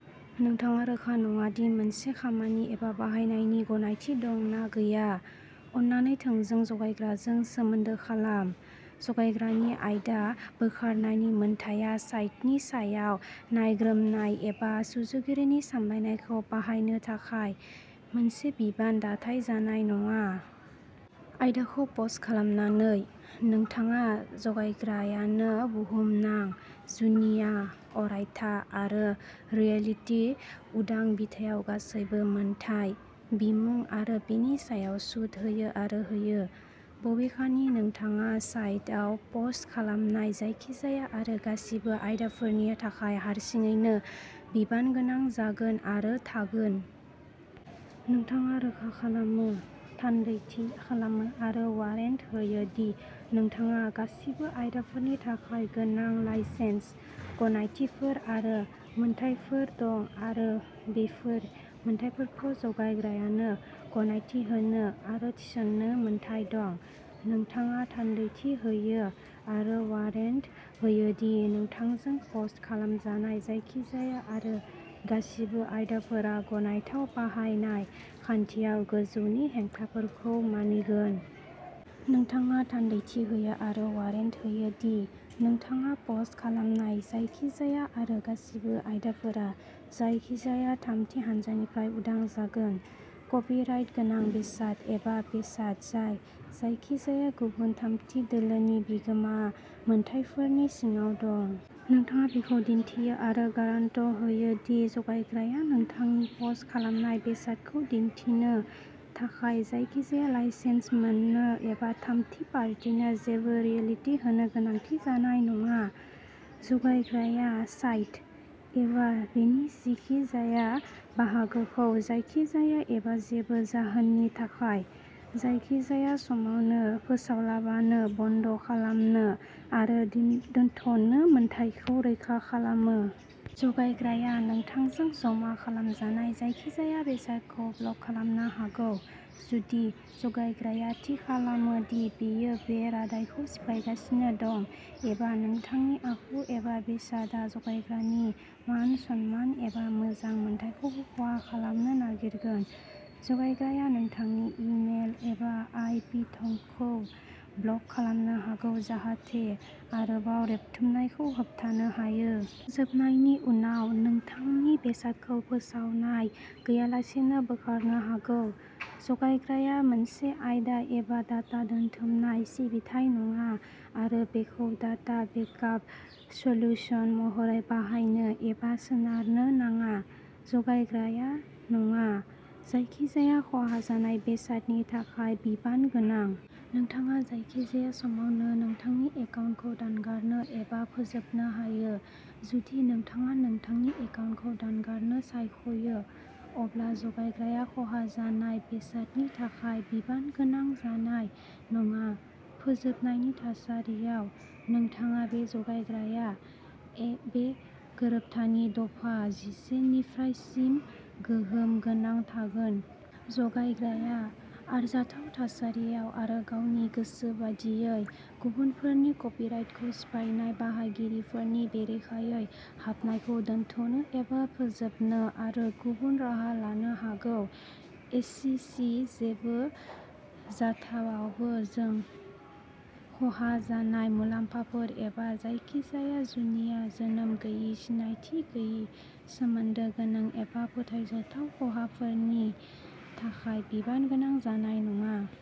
नोंथाङा रोखा नङा दि मोनसे खामानि एबा बाहायनायनि गनायथि दं ना गैया, अन्नानै थोंजों जगायग्राजों सोमोन्दो खालाम। जगायग्रानि आयदा बोखारनायनि मोन्थाइआ साइटनि सायाव नायग्रोमनाय एबा सुजुगिरिनि सामलायनायखौ बाहायनो थाखाय मोनसे बिबान दाथाय जानाय नङा। आयदा पस्ट खालामनानै, नोंथाङा जगायग्रानो बुहुमनां, जुनिया, अरायथा आरो रयेल्टी उदां बिथायाव गासैबो मोनथाय, बिमुं आरो बेनि सायाव सुद होयो आरो होयो। बबेखानि, नोंथाङा साइटआव पस्ट खालामनाय जायखिजाया आरो गासिबो आयदाफोरनि थाखाय हारसिङैनो बिबान गोनां जागोन आरो थागोन। नोंथाङा रोखा खालामो, थान्दैथि खालामो आरो वारेन्ट होयो दि नोंथाङा गासिबो आयदाफोरनि थाखाय गोनां लाइसेन्स, गनायथिफोर आरो मोनथायफोर दं आरो बैफोर मोनथायफोरखौ जगायग्रानो गनायथि होनो आरो थिसन्नो मोन्थाइ दं। नोंथाङा थान्दैथि होयो आरो वारेन्ट होयो दि नोंथांजों पस्ट खालामजानाय जायखिजाया आरो गासिबो आयदाफोरा गनायथाव बाहायनाय खान्थियाव गोजौनि हेंथाफोरखौ मानिगोन। नोंथाङा थान्दैथि होयो आरो वारेन्ट होयो दि नोंथाङा पस्ट खालामनाय जायखिजाया आरो गासिबो आयदाफोरा जायखिजाया थामथि हानजानिफ्राय उदां जागोन। कपिराइट गोनां बेसाद एबा बेसाद जाय जायखिजाया गुबुन थामथि दोलोनि बिगोमा मोनथायफोरनि सिङाव दं। नोंथाङा बेखौ दिन्थियो आरो गारान्ट होयो दि जगायग्राया नोंथांनि पस्ट खालामनाय बेसादखौ दिन्थिनो थाखाय जायखिजाया लाइसेन्स मोननो एबा थामथि पार्टिनो जेबो रयेल्टी होनो गोनांथि जानाय नङा। जगायग्राया साइट, एबा बेनि जायखिजाया बाहागोखौ जायखिजाया एबा जेबो जाहोननि थाखाय, जायखिजाया समावनो, फोसावालाबानो बन्द खालामनो आरो दोनथ'नो मोन्थाइखौ रैखा खालामो। जगायग्राया नोंथांजों जमा खालामजानाय जायखिजाया बेसादखौ ब्लक खालामनो हागौ जुदि जगायग्राया थि खालामो दि बेयो बे रादायखौ सिफायगासिनो दं एबा नोंथांनि आखु एबा बेसादआ जगायग्रानि मान-सन्मान एबा मोजां मोनथायखौ खहा खालामनो नागिरगोन। जगायग्राया नोंथांनि इ मेल एबा आइ पि थंखौ ब्लक खालामनो हागौ जाहाथे आरोबाव रेबथुमनायखौ होबथानो हायो। फोजोबनायनि उनाव, नोंथांनि बेसादखौ फोसावनाय गैयालासेनो बोखारनो हागौ। जगायग्राया मोनसे आयदा एबा डाटा दोनथुमनाय सिबिथाइ नङा आरो बेखौ डाटा बेकआप सल्युशन महरै बाहायनो एबा सोनारनो नाङा। जगायग्राया नङा। जायखिजाया खहा जानाय बेसादनि थाखाय बिबान गोनां। नोंथाङा जायखिजाया समावनो नोंथांनि एकाउन्टखौ दानगारनो एबा फोजोबनो हायो। जुदि नोंथाङा नोंथांनि एकाउन्टखौ दानगारनो सायख'यो, अब्ला जगायग्राया खहा जानाय बेसादनि थाखाय बिबान गोनां जानाय नङा। फोजोबनायनि थासारियाव, नोंथाङा एबा जगायग्राया, बे गोरोबथानि दफा जिसे निफ्राय सिम गोहोम गोनां थागोन। जगायग्राया, आरजाथाव थासारियाव आरो गावनि गोसो बादियै, गुबुनफोरनि कपिराइटखौ सिफायनाय बाहायगिरिफोरनि बेरेखायै हाबनायखौ दोनथ'नो एबा फोजोबनो आरो गुबुन राहा लानो हागौ। एस सि जेबो जाथायावबो जों खहा जानाय मुलाम्फाफोर एबा जायखिजाया जुनिया, जोनोम गैयै, सिनायथि गैयै, सोमोन्दो गोनां एबा फोथायजाथाव खहाफोरनि थाखाय बिबान गोनां जानाय नङा।